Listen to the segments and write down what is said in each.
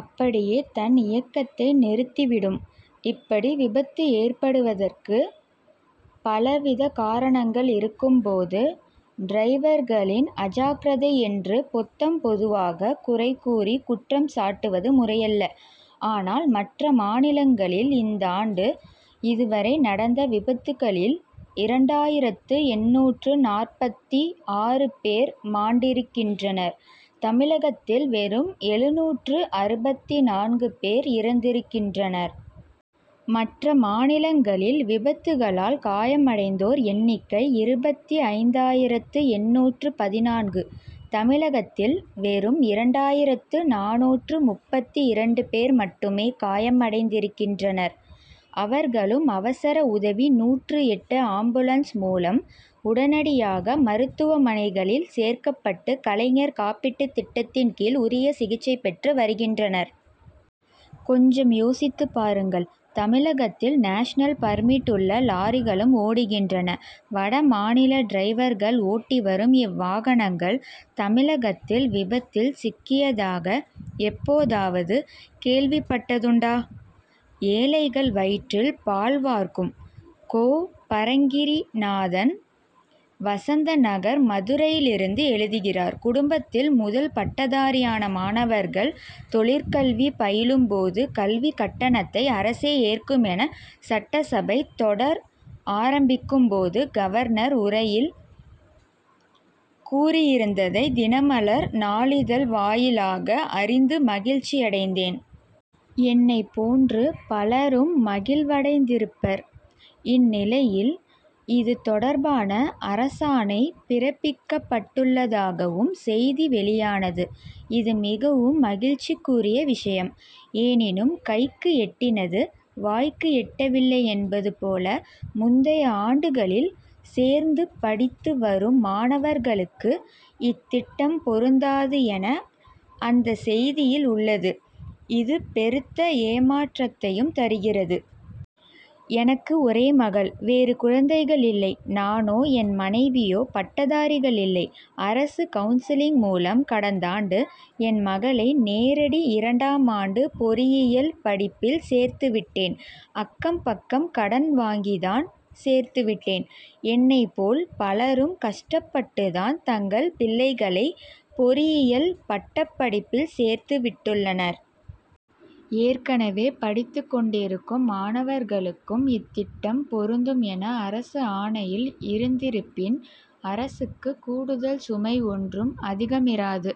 அப்படியே தன் இயக்கத்தை நிறுத்தி விடும். இப்படி விபத்து ஏற்படுவதற்கு பலவித காரணங்கள் இருக்கும்போது டிரைவர்களின் அஜாக்கிரதை என்று பொத்தாம் பொதுவாக குறை கூறி குற்றம் சாட்டுவது முறையல்ல. ஆனால் மற்ற மாநிலங்களில் இந்தாண்டு இதுவரை நடந்த விபத்துகளில் இரண்டாயிரத்து எண்ணூற்று நாற்பத்தி ஆறு பேர் மாண்டிருக்கின்றனர் தமிழகத்தில் வெறும் எழுநூற்று அறுபத்தி நான்கு பேர் இறந்திருக்கின்றனர். மற்ற மாநிலங்களில் விபத்துகளால் காயமடைந்தோர் எண்ணிக்கை இருபத்தி ஐந்தாயிரத்து எண்ணூற்று பதினான்கு தமிழகத்தில் வெறும் இரண்டாயிரத்து நானூற்று முப்பத்தி இரண்டு பேர் மட்டுமே காயமடைந்திருக்கின்றனர். அவர்களும் அவசர உதவி நூற்று எட்டு ஆம்புலன்ஸ் மூலம் உடனடியாக மருத்துவமனைகளில் சேர்க்கப்பட்டு கலைஞர் காப்பீட்டுத் திட்டத்தின் கீழ் உரிய சிகிச்சை பெற்று வருகின்றனர். கொஞ்சம் யோசித்துப் பாருங்கள் தமிழகத்தில் நேஷனல் பர்மிட் உள்ள லாரிகளும் ஓடுகின்றன. வட மாநில டிரைவர்கள் ஓட்டிவரும் இவ்வாகனங்கள் தமிழகத்தில் விபத்தில் சிக்கியதாக எப்போதாவது கேள்விப்பட்டதுண்டா? ஏழைகள் வயிற்றில் பால் வார்க்கும்! கோ. பரங்கிரிநாதன் வசந்த நகர் மதுரையிலிருந்து எழுதுகிறார் குடும்பத்தில் முதல் பட்டதாரியான மாணவர்கள் தொழிற்கல்வி பயிலும்போது கல்விக் கட்டணத்தை அரசே ஏற்கும் என சட்டசபை தொடர் ஆரம்பிக்கும் போது கவர்னர் உரையில் கூறியிருந்ததை தினமலர் நாளிதழ் வாயிலாக அறிந்து மகிழ்ச்சியடைந்தேன். என்னைப் போன்று பலரும் மகிழ்வடைந்திருப்பர். இந்நிலையில் இது தொடர்பான அரசாணை பிறப்பிக்கப்பட்டுள்ளதாகவும் செய்தி வெளியானது இது மிகவும் மகிழ்ச்சிக்குரிய விஷயம். எனினும் கைக்கு எட்டினது வாய்க்கு எட்டவில்லை என்பது போல முந்தைய ஆண்டுகளில் சேர்ந்து படித்து வரும் மாணவர்களுக்கு இத் திட்டம் பொருந்தாது என அந்த செய்தியில் உள்ளது இது பெருத்த ஏமாற்றத்தையும் தருகிறது. எனக்கு ஒரே மகள் வேறு குழந்தைகள் இல்லை. நானோ என் மனைவியோ பட்டதாரிகள் இல்லை. அரசு கவுன்சிலிங் மூலம் கடந்தாண்டு என் மகளை நேரடி இரண்டாமாண்டு பொறியியல் படிப்பில் சேர்த்து விட்டேன். அக்கம் பக்கம் கடன் வாங்கித்தான் சேர்த்துவிட்டேன். என்னைப் போல் பலரும் கஷ்டப்பட்டுதான் தங்கள் பிள்ளைகளை பொறியியல் பட்டப்படிப்பில் சேர்த்து விட்டுள்ளனர். ஏற்கனவே படித்துக் கொண்டிருக்கும் மாணவர்களுக்கும் இத்திட்டம் பொருந்தும் என அரசு ஆணையில் இருந்திருப்பின் அரசுக்கு கூடுதல் சுமை ஒன்றும் அதிகமிராது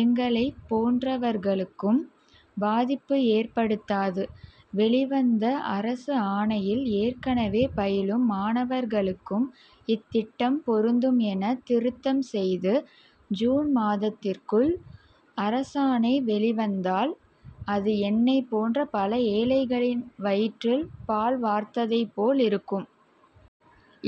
எங்களைப் போன்றவர்களுக்கும் பாதிப்பு ஏற்படுத்தாது. வெளிவந்த அரசு ஆணையில் ஏற்கனவே பயிலும் மாணவர்களுக்கும் இத்திட்டம் பொருந்தும் என திருத்தம் செய்து ஜூன் மாதத்திற்குள் அரசாணை வெளிவந்தால் அது என்னைப் போன்ற பல ஏழைகளின் வயிற்றில் பால் வார்த்ததைப் போல் இருக்கும்.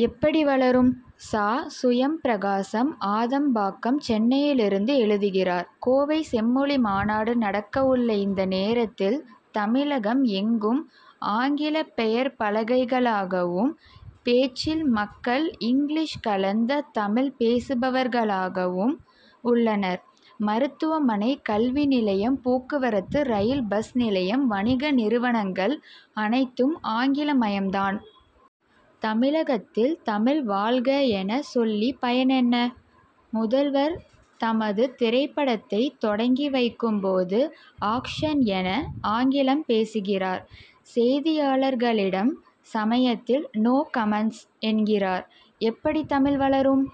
எப்படி வளரும்? சா. சுயம்பிரகாசம் ஆதம் பாக்கம் சென்னையிலிருந்து எழுதுகிறார் கோவை செம்மொழி மாநாடு நடக்க உள்ள இந்த நேரத்தில் தமிழகம் எங்கும் ஆங்கில பெயர்ப் பலகைகளாகவும் பேச்சில் மக்கள் இங்கிலீஷ் கலந்த தமிழ் பேசுபவர்களாகவும் உள்ளனர். மருத்துவமனை கல்வி நிலையம் போக்குவரத்து ரயில் பஸ் நிலையம் வணிக நிறுவனங்கள் அனைத்தும் ஆங்கில மயம் தான். தமிழகத்தில் தமிழ் வாழ்க என சொல்லி பயன் என்ன? முதல்வர் தமது திரைப்படத்தை தொடங்கி வைக்கும் போது ஆக்ஷன் என ஆங்கிலம் பேசுகிறார். செய்தியாளர்களிடம் சமயத்தில் நோ கமென்ட்ஸ் என்கிறார். எப்படி தமிழ் வளரும்?